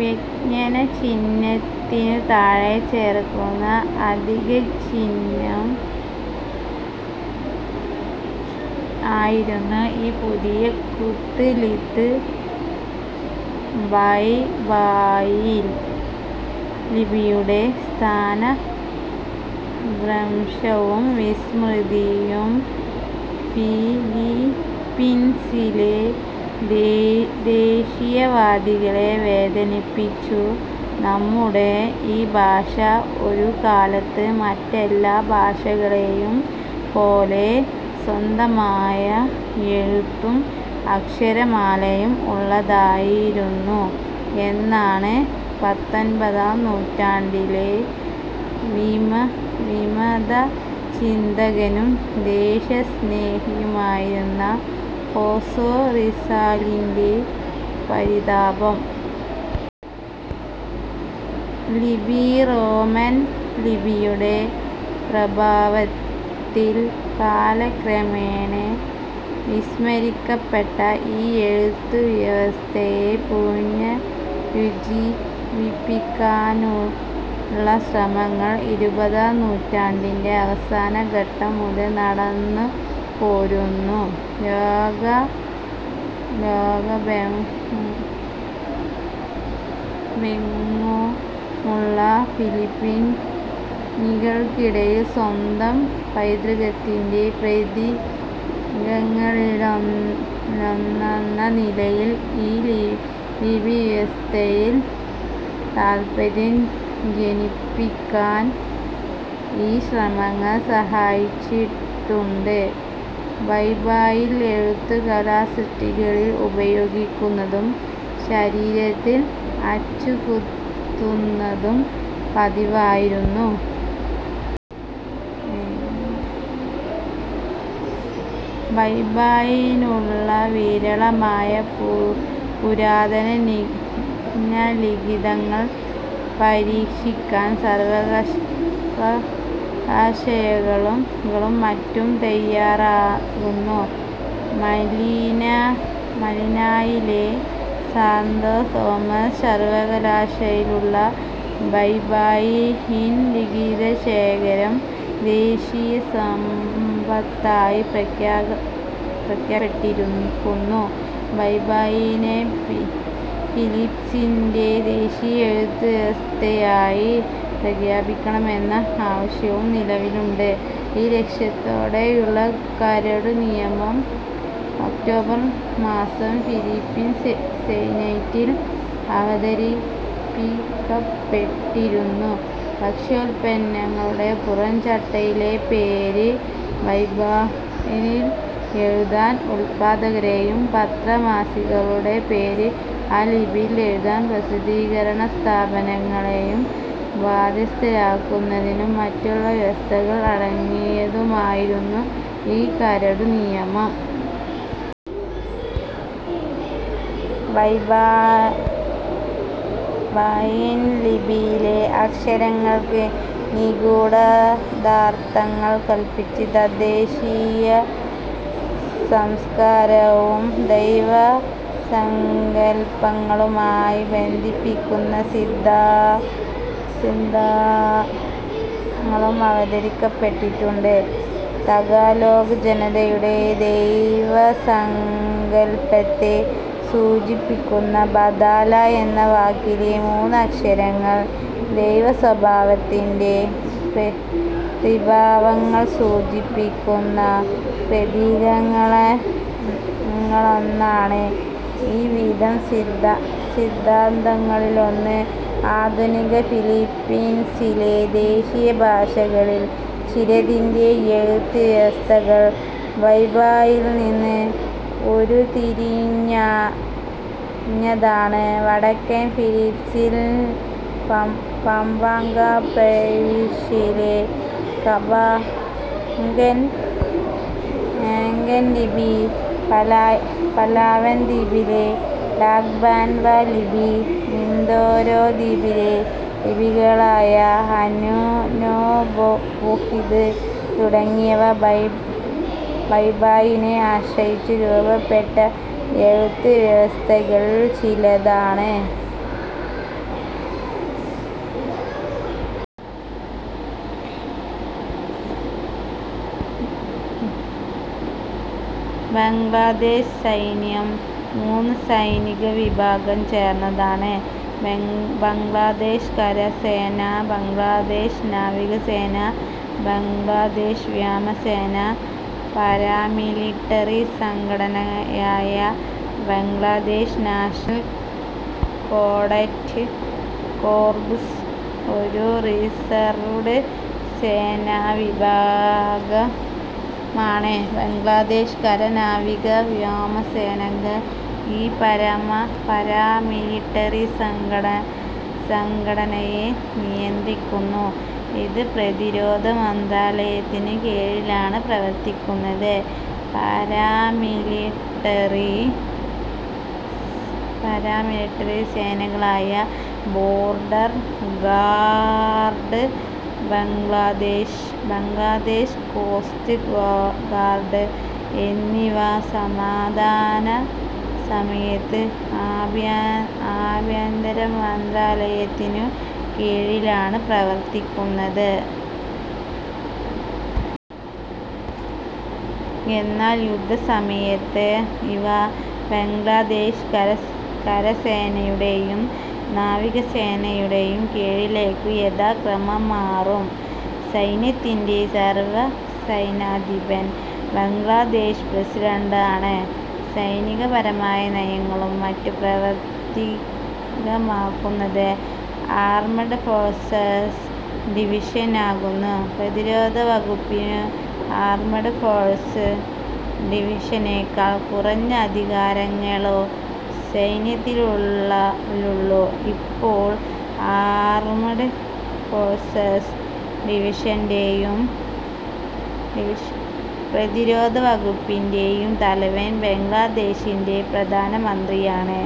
വ്യഞ്ജനചിഹ്നത്തിനു താഴെ ചേർക്കുന്ന അധികഛിഹ്നം ആയിരുന്നു ഈ പുതിയ 'കുദ്ലിത്'. ബയ്ബായിൽ ലിപിയുടെ സ്ഥാനഭ്രംശവും വിസ്മൃതിയും ഫിലിപ്പീൻസിലെ ദേ ദേശീയവാദികളെ വേദനിപ്പിച്ചു. "നമ്മുടെ ഈ ഭാഷ ഒരുകാലത്ത് മറ്റെല്ലാ ഭാഷകളേയും പോലെ സ്വന്തമായ എഴുത്തും അക്ഷരമാലയും ഉള്ളതായിരുന്നു" എന്നാണ് പത്തൊൻപതാം നൂറ്റാണ്ടിലെ വിമത വിമതചിന്തകനും ദേശസ്നേഹിയുമായിരുന്ന ഹോസെ റിസാലിന്റെ പരിതാപം. ലിപി റോമൻലിപിയുടെ പ്രഭാവത്തിൽ കാലക്രമേണ വിസ്മരിക്കപ്പെട്ട ഈ എഴുത്തുവ്യവസ്ഥയെ പുനരുജ്ജീവിപ്പിക്കാനുള്ള ശ്രമങ്ങൾ ഇരുപതാം നൂറ്റാണ്ടിന്റെ അവസാനഘട്ടം മുതൽ നടന്നുപോരുന്നു. ലോകമ്പെങ്ങുമുള്ള ഫിലിപ്പീനികൾക്കിടയിൽ, സ്വന്തം പൈതൃകത്തിന്റെ പ്രതീകങ്ങളിലൊന്നെന്ന നിലയിൽ ഈ ലിപിവ്യവസ്ഥയിൽ താത്പര്യം ജനിപ്പിക്കാൻ ഈ ശ്രമങ്ങൾ സഹായിച്ചിട്ടുണ്ട്. ബയ്ബായിൻ എഴുത്ത് കലാസൃഷ്ടികളിൽ ഉപയോഗിക്കുന്നതും ശരീരത്തിൽ അച്ചുകുത്തുന്നതും പതിവായിരിക്കുന്നു. ബയ്ബായിനുള്ള വിരളമായ പുരാതനലിഖിതങ്ങൾ പരിരക്ഷിക്കാൻ സർവകലാശാലകളും മറ്റും തയ്യാറാകുന്നു. മനിലായിലെ സാന്തോ തോമാസ് സർവകലാശാലയിലുള്ള ബയ്ബായിൻ ലിഖിതശേഖരം ദേശീയസമ്പത്തായി പ്രഖ്യാപിക്കപ്പെട്ടിരിക്കുന്നു. ബയ്ബായിനെ ഫിലിപ്പീൻസിന്റെ ദേശീയ എഴുത്തുവ്യവസ്ഥയായി പ്രഖ്യാപിക്കണമെന്ന ആവശ്യവും നിലവിലുണ്ട്. ഈ ലക്ഷ്യത്തോടെയുള്ള കരടുനിയമം ഒക്ടോബർ മാസം ഫിലിപ്പീൻ സെനറ്റിൽ അവതരിപ്പിക്കപ്പെട്ടിരുന്നു. ഭക്ഷ്യോല്പന്നങ്ങളുടെ പുറംചട്ടയിലെ പേര് ബയ്ബായിനിൽ എഴുതാൻ ഉല്പാദകരേയും, പത്രമാസികകളുടെ പേര് ആ ലിപിയിൽ എഴുതാൻ പ്രസിദ്ധീകരണസ്ഥാപനങ്ങളേയും ബാദ്ധ്യസ്ഥരാക്കുന്നതിനും മറ്റുമുള്ള വ്യവസ്ഥകൾ അടങ്ങിയതായിരുന്നു ഈ കരടുനിയമം. ബയ്ബായിൻ ലിപിയിലെ അക്ഷരങ്ങൾക്ക് നിഗൂഢാർത്ഥങ്ങൾ കല്പിച്ച് തദ്ദേശീയസംസ്കാരവും ദൈവസങ്കല്പങ്ങളുമായി ബന്ധിപ്പിക്കുന്ന സിദ്ധാന്തങ്ങളും അവതരിപ്പിക്കപ്പെട്ടിട്ടുണ്ട്. താഗലോഗ് ജനതയുടെ ദൈവസങ്കല്പത്തെ സൂചിപ്പിക്കുന്ന 'ബതാല' എന്ന വാക്കിലെ മൂന്നക്ഷരങ്ങൾ, ദൈവസ്വഭാവത്തിന്റെ ത്രിഭാവങ്ങൾ സൂചിപ്പിക്കുന്ന പ്രതീകങ്ങളാണെന്നാണ് ഈവിധം സിദ്ധാന്തങ്ങളിലൊന്ന്. ആധുനിക ഫിലിപ്പീൻസിലെ ദേശീയഭാഷകളിൽ ചിലതിന്റെ എഴുത്തുവ്യവസ്ഥകൾ ബയ്ബായിനിൽ നിന്ന് ഉരുത്തിരിഞ്ഞതാണ്. വടക്കൻ ഫിലിപ്പീൻസിൽ പമ്പാംഗാ പ്രവിശ്യയിലെ കാ-പമ്പാംഗൻ ലിപി, പലാവാൻ ദ്വീപിലെ ടാഗ്ബൻവാ ലിപി, മിന്ദോരോ ദ്വീപിലെ ലിപികളായ ഹനുനോ, ബുഹിദ് തുടങ്ങിയവ ബയ്ബായിനെ ആശ്രയിച്ചു രൂപപ്പെട്ട എഴുത്തുവ്യവസ്ഥകളിൽ ചിലതാണ്. ബംഗ്ലാദേശ് സൈന്യം മൂന്നു സൈനികവിഭാഗം ചേർന്നതാണ്: ബംഗ്ലാദേശ് കരസേന, ബംഗ്ലാദേശ് നാവികസേന, ബംഗ്ലാദേശ് വ്യോമസേന. പാരാമിലിട്ടറി സംഘടനയായ ബംഗ്ലാദേശ് നാഷണൽ കേഡറ്റ് കോർപ്സ് ഒരു റിസർവ്ഡ് സേനാവിഭാഗമാണ്. ബംഗ്ലാദേശ് കര-നാവിക-വ്യോമസേനകൾ ഈ പാരാ മിലിട്ടറി സംഘടനയെ നിയന്ത്രിക്കുന്നു. ഇത് പ്രതിരോധ മന്ത്രാലയത്തിനു കീഴിലാണ് പ്രവർത്തിക്കുന്നത്. പാരാമിലിട്ടറി സേനകളായ border guard Bangladesh, Bangladesh coast guard എന്നിവ സമാധാനസമയത്ത് ആഭ്യന്തരമന്ത്രാലയത്തിനു കീഴിലാണു പ്രവർത്തിക്കുന്നത്. എന്നാൽ യുദ്ധസമയത്ത് ഇവ ബംഗ്ലാദേശ് കരസേനയുടെയും നാവികസേനയുടെയും കീഴിലേയ്ക്കു യഥാക്രമം മാറും. സൈന്യത്തിന്റെ സർവ്വസൈന്യാധിപൻ ബംഗ്ലാദേശ് പ്രസിഡന്റ് ആണ്. സൈനികപരമായ നയങ്ങളും മറ്റും പ്രാവർത്തികമാക്കുന്നത്, ആർമ്ഡ് ഫോഴ്സസ് ഡിവിഷൻ ആകുന്നു. പ്രതിരോധവകുപ്പിനു ആർമ്ഡ് ഫോഴ്സസ് ഡിവിഷനേക്കാൾ കുറഞ്ഞ അധികാരങ്ങളേ സൈന്യത്തിലുള്ളു. ഇപ്പോൾ, ആർമ്ഡ് ഫോഴ്സസ് ഡിവിഷന്റെയും പ്രതിരോധവകുപ്പിന്റെയും തലവൻ ബംഗ്ലാദേശിന്റെ പ്രധാനമന്ത്രിയാണ്.